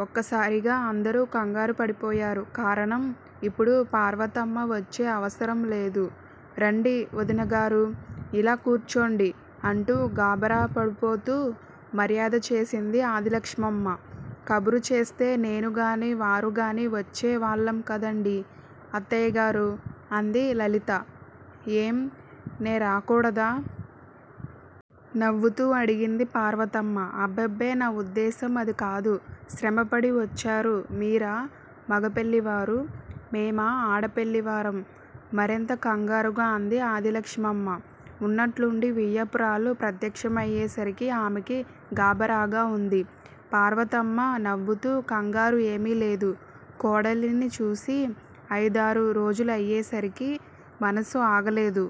వక్కసారిగ అందరూ కంగారుపడి పోయారు కారణం. ఇప్పుడు పార్వతమ్మ వచ్చే అవసరం లేదు. రండి వదినగారూ! ఇలా కూర్చోండి. అంటూ గాభరా పడిపోతూ మర్యాద చేసింది ఆదిలక్ష్మమ్మ. కబురు చేస్తే నేనుగాని వారుగాని వచ్చే వాళ్ళం కదండీ అత్తయ్యగారూ. అంది లలిత. ఏం నే రాకూడదా! నవ్వుతూ అడిగింది పార్వతమ్మ. అబ్బెబ్బె నా వుద్దేశ్యం అదికాదు. శ్రమపడి వచ్చారు మీరా మగ పెళ్ళివారు, మేమా ఆడపెళ్ళి వారం. మరింత కంగారుగా అంది ఆదిలక్ష్మమ్మ వున్నట్లుండి వియ్యపురాలు ప్రత్యక్షమయ్యేసరికి ఆమెకి గాభరాగా వుంది. పార్వతమ్మ నవ్వుతూ కంగారు ఏమీలేదు. కోడలిని చూసి అయిదారు రోజులయేసరికి మనసు ఆగలేదు.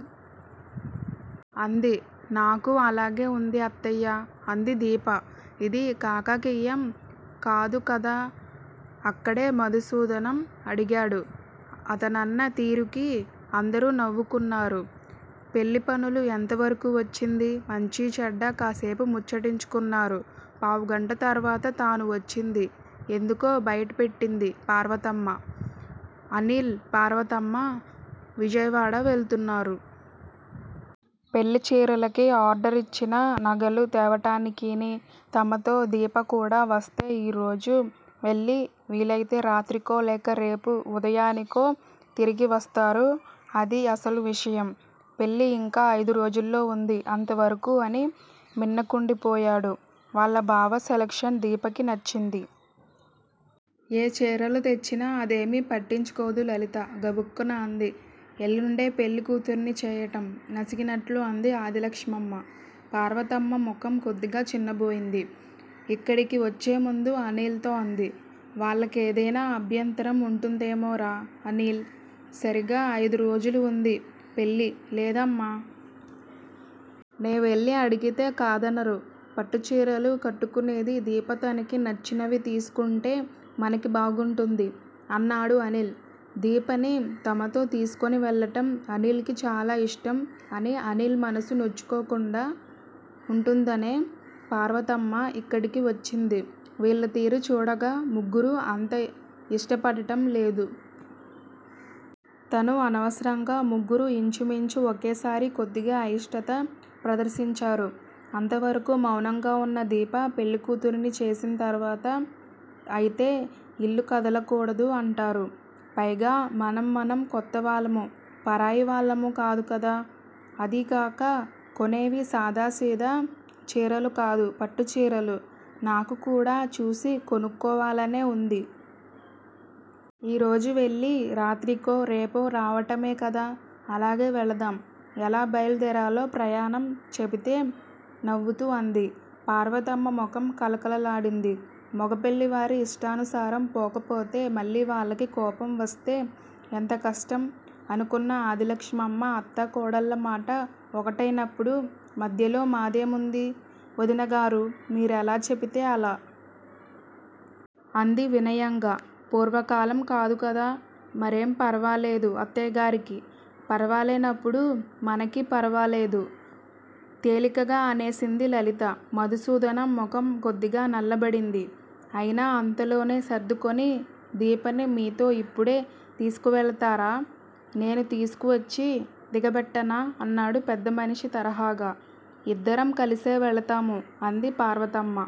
అంది. నాకూ అలాగే వుంది అత్తయ్యా! అంది దీప. ఇది కాకాకీయం కాదుకదా. అక్కడే మధుసూదనం అడిగాడు. అతనన్న తీరుకి అందరూ నవ్వుకున్నారు. పెళ్ళి పనులు ఎంతవరకు వచ్చింది. మంచీచెడ్డా కాసేపు ముచ్చటించుకున్నారు. పావుగంట తర్వాత తాను వచ్చింది ఎందుకో బైట పెట్టింది పార్వతమ్మ. అనిల్ పార్వతమ్మ విజయవాడ వెళుతున్నారు. పెళ్ళి చీరలకి ఆర్డర్ ఇచ్చిన నగలు తేవటానికీను. తమతో దీప కూడా వస్తే ఈ రోజు వెళ్ళి వీలయితే రాత్రికో లేక రేపు ఉదయానికో తిరిగివస్తారు అదీ అసలు విషయం. పెళ్ళి ఇంకా అయిదు రోజుల్లో వుంది అంతవరకు అని మిన్నకుండిపోయాడు. వాళ్ళ బావ సెలక్షన్ దీపకి నచ్చింది. ఏ చీరలు తెచ్చినా అదేమీ పట్టించుకోదు లలిత గబుక్కున అంది. ఎళ్ళుండే పెళ్ళి కూతురిని చేయటం నసిగినట్లు అంది ఆదిలక్ష్మమ్మ. పార్వతమ్మ ముఖం కొద్దిగా చిన్నబోయింది. ఇక్కడికి వచ్చేముందు అనిల్ తో అంది. వాళ్ళకేదైనా అభ్యంతరం వుంటుందేమోరా అనీల్. సరీగ అయిదు రోజులువుంది పెళ్ళి. లేదమ్మా! నీవెళ్ళి అడిగితే కాదనరు పట్టుచీరలు కట్టుకునేది దీప తనకి నచ్చినవి తీసుకుంటే మనకి బాగుంటుంది. అన్నాడు అనిల్. దీపని తమతో తీసుకుని వెళ్ళటం అనిల్ కి చాలా ఇష్టం అని అనిల్ మనసు నొచ్చుకోకుండా వుంటుందనే పార్వతమ్మ ఇక్కడికి వచ్చింది వీళ్ళ తీరు చూడగా ముగ్గురు అంత ఇష్టపడటం లేదు. తను అనవసరంగ ముగ్గురు యించుమించు వకేసారి కొద్దిగ అయిష్టత ప్రదర్శించారు. అంతవరకు మౌనంగా వున్న దీప పెళ్ళికూతురుని చేసిం తరువాత అయితే ఇల్లు కదల కూడదు అంటారు. పైగా మనం మనం కొత్తవాళ్ళము పరాయి వాళ్ళము కాదు కదా! అదీగాక కొనేవి సాదా సీదా చీరలు కాదు పట్టుచీరలు, నాకు కూడా చూసి కొనుక్కోవాలనే వుంది. ఈరోజు వెళ్ళి రాత్రికో రేపో రావటమే కదా అలాగే వెళదాం. ఎలా బైలుదేరాలో ప్రయాణం చెపితే నవ్వుతూ అంది. పార్వతమ్మ ముఖం కళకళలాడింది. మొగ పెళ్ళివారి ఇష్టానుసారం పోకపోతే మళ్ళీ వాళ్ళకి కోపం వస్తే ఎంత కష్టం. అనుకున్న ఆదిలక్ష్మమ్మ అత్తా కోడళ్ళమాట వకటైనప్పుడు మధ్యలో మాదేముంది వదినగారూ మీరెలా చెపితే అలా. అంది వినయంగ. పూర్వకాలం కాదు కదా మరేం ఫరవాలేదు అత్తయ్యగారికి ఫరవాలేనప్పుడు మనకి ఫరవాలేదు. తేలికగా అనేసింది లలిత. మధుసూదనం ముఖం కొద్దిగా నల్లబడింది. అయినా అంతలోనే సర్దుకుని దీపని మీతో ఇప్పుడే తీసుకువెళతారా? నేను తీసుకువచ్చి దిగబెట్టనా అన్నాడు పెద్దమనిషి తరహాగా. ఇద్దరం కలిసే వెళతాము అంది పార్వతమ్మ.